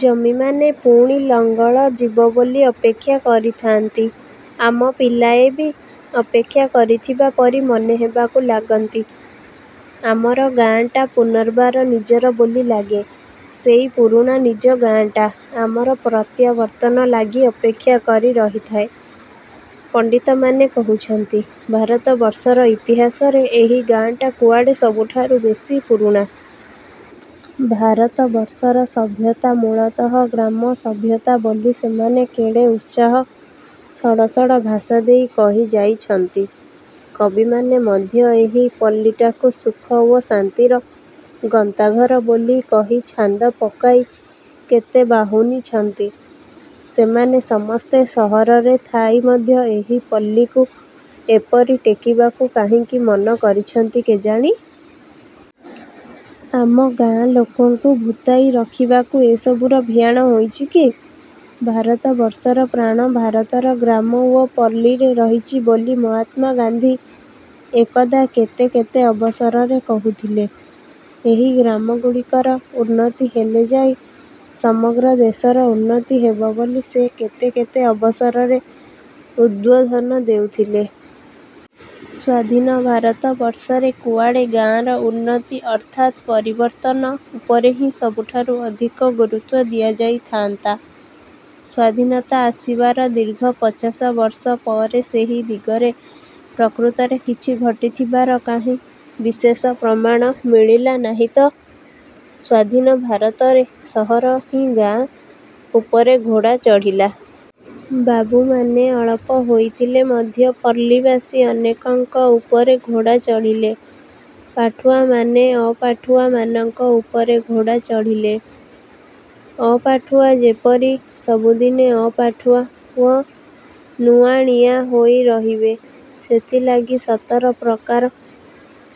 ଜମିମାନେ ପୁଣି ଲଙ୍ଗଳ ଯିବ ବୋଲି ଅପେକ୍ଷା କରିଥାନ୍ତି, ଆମ ପିଲାଏ ବି ଅପେକ୍ଷା କରିଥିବା ପରି ମନେ ହେବାକୁ ଲାଗନ୍ତି। ଆମର ଗାଆଁଟା ପୁନର୍ବାର ନିଜର ବୋଲି ଲାଗେ, ସେଇ ପୁରୁଣା ନିଜ ଗାଆଁଟା, ଆମର ପ୍ରତ୍ୟାବର୍ତ୍ତନ ଲାଗି ଅପେକ୍ଷା କରି ରହିଥାଏ। ପଣ୍ଡିତମାନେ କହୁଛନ୍ତି, ଭାରତବର୍ଷର ଇତିହାସରେ ଏହି ଗାଆଁଟା କୁଆଡ଼େ ସବୁଠାରୁ ବେଶୀ ପୁରୁଣା। ଭାରତବର୍ଷର ସଭ୍ୟତା ମୂଳତଃ ଗ୍ରାମସଭ୍ୟତା ବୋଲି ସେମାନେ କେଡ଼େ ଉତ୍ସାହ-ସଡ଼ସଡ଼ ଭାଷା ଦେଇ କହିଯାଇଛନ୍ତି। କବିମାନେ ମଧ୍ୟ ଏହି ପଲ୍ଲୀଟାକୁ ସୁଖ ଓ ଶାନ୍ତିର ଗନ୍ତାଘର ବୋଲି କହି ଛାନ୍ଦ ପକାଇ କେତେ ବାହୁନିଛନ୍ତି। ସେମାନେ ସମସ୍ତେ ସହରରେ ଥାଇ ମଧ୍ୟ ଏହି ପଲ୍ଲୀକୁ ଏପରି ଟେକିବାକୁ କାହିଁକି ମନ କରିଛନ୍ତି କେଜାଣି? ଆମ ଗାଆଁଲୋକଙ୍କୁ ଭୂତାଇ ରଖିବାକୁ ଏସବୁର ଭିଆଣ ହୋଇଛି କି? ଭାରତବର୍ଷର ପ୍ରାଣ ଭାରତର ଗ୍ରାମ ଓ ପଲ୍ଲୀରେ ରହିଛି ବୋଲି ମହାତ୍ମା ଗାନ୍ଧୀ ଏକଦା କେତେ କେତେ ଅବସରରେ କହୁଥିଲେ। ଏହି ଗ୍ରାମଗୁଡ଼ିକର ଉନ୍ନତି ହେଲେ ଯାଇ ସମଗ୍ର ଦେଶର ଉନ୍ନତି ହେବ ବୋଲି ସେ କେତେ କେତେ ଅବସରରେ ଉଦ୍ବୋଧନ ଦେଉଥିଲେ। ସ୍ୱାଧୀନ ଭାରତବର୍ଷରେ କୁଆଡ଼େ ଗାଆଁର ଉନ୍ନତି ଅର୍ଥାତ୍ ପରିବର୍ତ୍ତନ ଉପରେ ହିଁ ସବୁଠାରୁ ଅଧିକ ଗୁରୁତ୍ୱ ଦିଆଯାଇଥାନ୍ତା। ସ୍ଵାଧୀନତା ଆସିବାର ଦୀର୍ଘ ପଚାଶ ବର୍ଷ ପରେ ସେହି ଦିଗରେ ପ୍ରକୃତରେ କିଛି ଘଟିଥିବାର କାହିଁ ବିଶେଷ ପ୍ରମାଣ ମିଳିଲା ନାହିଁ ତ? ସ୍ୱାଧୀନ ଭାରତରେ ସହର ହିଁ ଗାଁ ଉପରେ ଘୋଡ଼ା ଚଢ଼ିଲା। ବାବୁମାନେ ଅଳପ ହୋଇଥିଲେ ମଧ୍ୟ ପଲ୍ଲୀବାସୀ ଅନେକଙ୍କ ଉପରେ ଘୋଡ଼ା ଚଢ଼ିଲେ। ପାଠୁଆମାନେ ଅପାଠୁଆମାନଙ୍କ ଉପରେ ଘୋଡ଼ା ଚଢ଼ିଲେ। ଅପାଠୁଆ ଯେପରି ସବୁଦିନେ ଅପାଠୁଆ ଓ ନୁଆଁଣିଆ ହୋଇ ରହିବେ, ସେଥିଲାଗି ସତର ପ୍ରକାର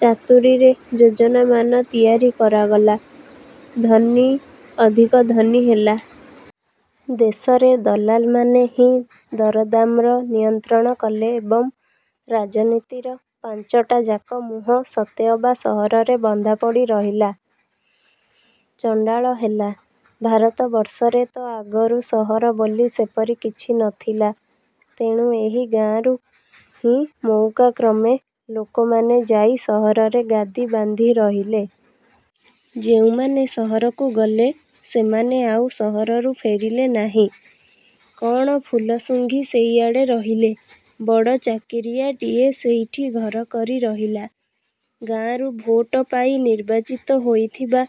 ଚାତୁରୀରେ ଯୋଜନାମାନ ତିଆରି କରାଗଲା। ଧନୀ ଅଧିକ ଧନୀ ହେଲା। ଦେଶରେ ଦଲାଲମାନେ ହିଁ ଦରଦାମ୍ର ନିୟନ୍ତ୍ରଣ କଲେ ଏବଂ ରାଜନୀତିର ପାଂଚଟାଯାକ ମୁହଁ ସତେଅବା ସହରରେ ବନ୍ଧାପଡ଼ି ରହିଲା। ଚଣ୍ଡାଳ ହେଲା। ଭାରତବର୍ଷରେ ତ ଆଗରୁ ସହର ବୋଲି ସେପରି କିଛି ନଥିଲା। ତେଣୁ ଏହି ଗାଁରୁ ହିଁ ମଉକାକ୍ରମେ ଲୋକମାନେ ଯାଇ ସହରରେ ଗାଦୀ ବାନ୍ଧି ରହିଲେ। ଯେଉଁମାନେ ସହରକୁ ଗଲେ, ସେମାନେ ଆଉ ସହରରୁ ଫେରିଲେ ନାହିଁ। କ'ଣ ଫୁଲ ସୁଂଘି ସେଇଆଡ଼େ ରହିଲେ। ବଡ଼ ଚାକିରିଆଟିଏ ସେଇଠି ଘର କରି ରହିଲା। ଗାଆଁରୁ ଭୋଟ ପାଇ ନିର୍ବାଚିତ ହୋଇଥିବା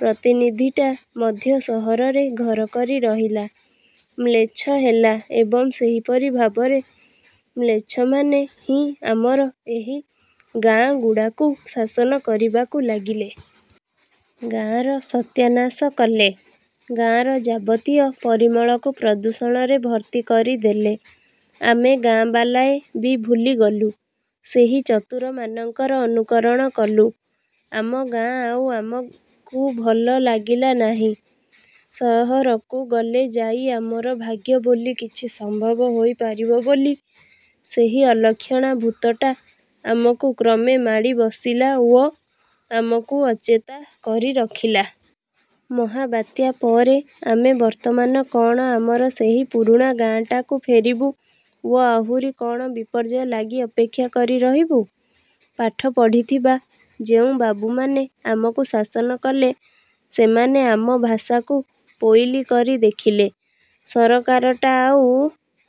ପ୍ରତିନିଧିଟା ମଧ୍ୟ ସହରରେ ଘର କରି ରହିଲା, ମ୍ଲେଚ୍ଛ ହେଲା ଏବଂ ଏହିପରି ଭାବରେ ମ୍ଲେଚ୍ଛମାନେ ହିଁ ଆମର ଏହି ଗାଆଁଗୁଡ଼ାକୁ ଶାସନ କରିବାକୁ ଲାଗିଲେ। ଗାଆଁର ସତ୍ୟାନାଶ କଲେ। ଗାଆଁର ଯାବତୀୟ ପରିମଳକୁ ପ୍ରଦୂଷଣରେ ଭର୍ତ୍ତି କରି। ଦେଲେ। ଆମେ ଗାଆଁବାଲାଏ ବି ଭୁଲି ଗଲୁ। ସେହି ଚତୁରମାନଙ୍କର ଅନୁକରଣ କଲୁ। ଆମ ଗାଆଁ ଆଉ ଆମକୁ ଭଲ ଲାଗିଲା ନାହିଁ। ସହରକୁ ଗଲେ ଯାଇ ଆମର ଭାଗ୍ୟ ବୋଲି କିଛି ସମ୍ଭବ ହୋଇ ପାରିବ ବୋଲି ସେହି ଅଲକ୍ଷଣା ଭୂତଟା ଆମକୁ କ୍ରମେ ମାଡ଼ି ବସିଲା ଓ ଆମକୁ ଅଚେତା କରି ରଖିଲା। ମହାବାତ୍ୟା ପରେ ଆମେ ବର୍ତ୍ତମାନ କ'ଣ ଆମର ସେହି ପୁରୁଣା ଗାଆଁଟାକୁ ଫେରିବୁ ଓ ଆହୁରି କ'ଣ ବିପର୍ଯ୍ୟୟ ଲାଗି ଅପେକ୍ଷା କରି ରହିବୁ? ପାଠ ପଢ଼ିଥିବା ଯେଉଁ ବାବୁମାନେ ଆମକୁ ଶାସନ କଲେ, ସେମାନେ ଆମ ଭାଷାକୁ ପୋଇଲୀ କରି ଦେଖିଲେ। ସରକାରଟା ଆଉ